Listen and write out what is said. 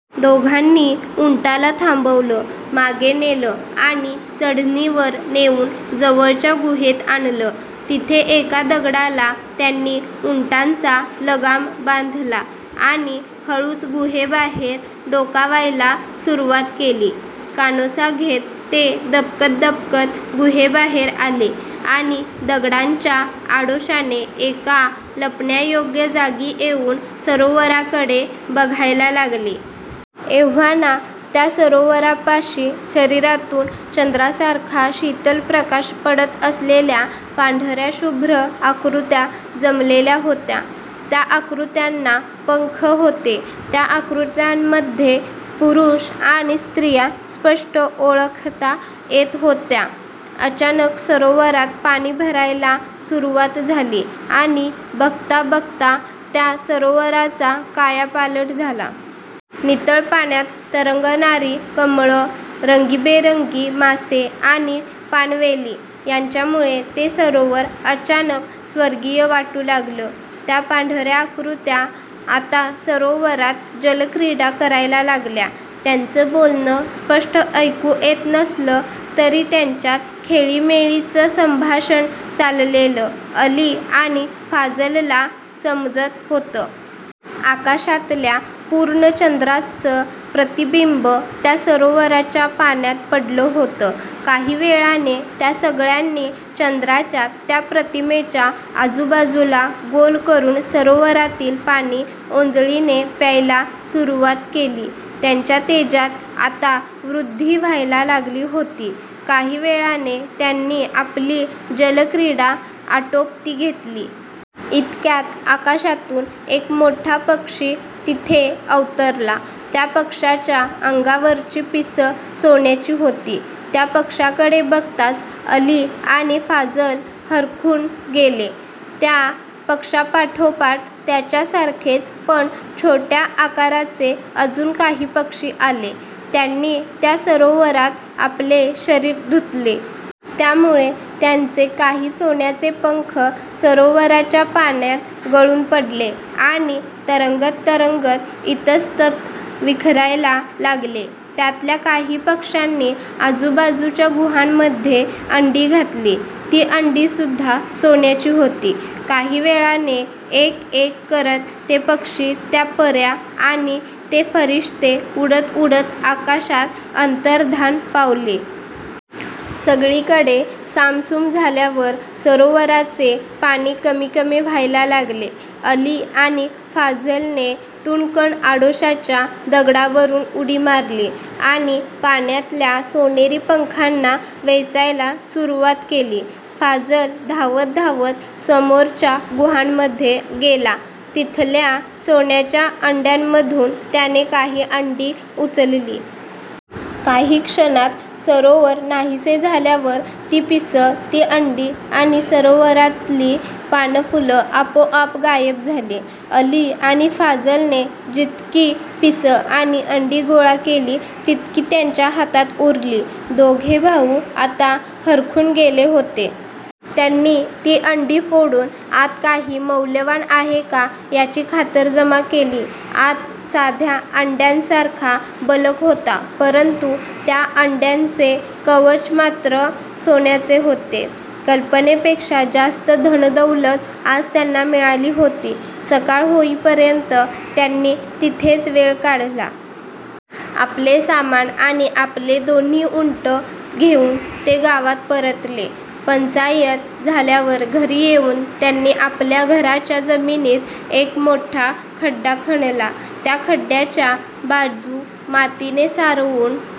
दोघांनी उंटाला थांबवलं, मागे नेलं आणि चढणीवर नेऊन जवळच्या गुहेत आणलं. तिथे एका दगडाला त्यांनी उंटांचा लगाम बांधला आणि हळूच गुहेबाहेर डोकावायला सुरुवात केली. कानोसा घेत ते दबकत दबकत गुहेबाहेर आले आणि दगडांच्या आडोशाने एका लपण्यायोग्य जागी येऊन सरोवराकडे बघायला लागले. एव्हाना त्या सरोवरापाशी शरीरातून चंद्रासारखा शीतल प्रकाश पडत असलेल्या पांढऱ्या शुभ्र आकृत्या जमलेल्या होत्या. त्या आकृत्यांना पंख होते. त्या आकृत्यांमध्ये पुरुष आणि स्त्रिया स्पष्ट ओळखता येत होत्या. अचानक सरोवरात पाणी भरायला सुरुवात झाली आणि बघता बघता त्या सरोवराचा कायापालट झाला. नितळ पाण्यात तरंगणारी कमळं, रंगीबेरंगी मासे आणि पाणवेली यांच्यामुळे ते सरोवर अचानक स्वर्गीय वाटू लागलं. त्या पांढऱ्या आकृत्या आता सरोवरात जलक्रीडा करायला लागल्या. त्यांचं बोलणं स्पष्ट ऐकू येत नसलं, तरी त्यांच्यात खेळीमेळीचं संभाषण चाललेलं अली आणि फाझलला समजत होतं. आकाशातल्या पूर्ण चंद्राचं प्रतिबिंब त्या सरोवराच्या पाण्यात पडलं होतं. काही वेळाने त्या सगळ्यांनी चंद्राच्या त्या प्रतिमेच्या आजूबाजूला गोल करून सरोवरातील पाणी ओंजळीने प्यायला सुरुवात केली. त्यांच्या तेजात आता वृद्धी व्हायला लागली होती. काही वेळाने त्यांनी आपली जलक्रीडा आटोपती घेतली. इतक्यात आकाशातून एक मोठा पक्षी तिथे अवतरला. त्या पक्ष्याच्या अंगावरची पिसं सोन्याची होती. त्या पक्ष्याकडे बघताच अली आणि फाझल हरखून गेले. त्या पक्ष्यापाठोपाठ त्याच्यासारखेच पण छोट्या आकाराचे अजून काही पक्षी आले. त्यांनी त्या सरोवरात आपले शरीर धुतले. त्यामुळे त्यांचे काही सोन्याचे पंख सरोवराच्या पाण्यात गळून पडले आणि तरंगत तरंगत इतस्ततः विखरायला लागले. त्यातल्या काही पक्ष्यांनी आजूबाजूच्या गुहांमध्ये अंडी घातली. ती अंडी सुद्धा सोन्याची होती. काही वेळाने एक एक करत ते पक्षी, त्या पऱ्या आणि ते फरिश्ते उडत उडत आकाशात अंतर्धान पावले. सगळीकडे सामसूम झाल्यावर सरोवराचे पाणी कमी कमी व्हायला लागले. अली आणि फाझलने टुणकन आडोशाच्या दगडावरून उडी मारली आणि पाण्यातल्या सोनेरी पंखांना वेचायला सुरुवात केली. फाझल धावत धावत समोरच्या गुहांमध्ये गेला. तिथल्या सोन्याच्या अंड्यांमधून त्याने काही अंडी उचलली. काही क्षणात सरोवर नाहीसे झाल्यावर ती पिसं, ती अंडी आणि सरोवरातली पानंफुलं आपोआप गायब झाली. अली आणि फाझलने जितकी पिसं आणि अंडी गोळा केली तितकी त्यांच्या हातात उरली. दोघे भाऊ आता हरखून गेले होते. त्यांनी ती अंडी फोडून आत काही मौल्यवान आहे का, याची खातरजमा केली. आत साध्या अंड्यांसारखा बलक होता, परंतु त्या अंड्यांचे कवच मात्र सोन्याचे होते. कल्पनेपेक्षा जास्त धनदौलत आज त्यांना मिळाली होती. सकाळ होईपर्यंत त्यांनी तिथेच वेळ काढला. आपले सामान आणि आपले दोन्ही उंट घेऊन ते गावात परतले. पंचायत झाल्यावर घरी येऊन त्यांनी आपल्या घराच्या जमिनीत एक मोठा खड्डा खणला. त्या खड्ड्याच्या बाजू मातीने सारवून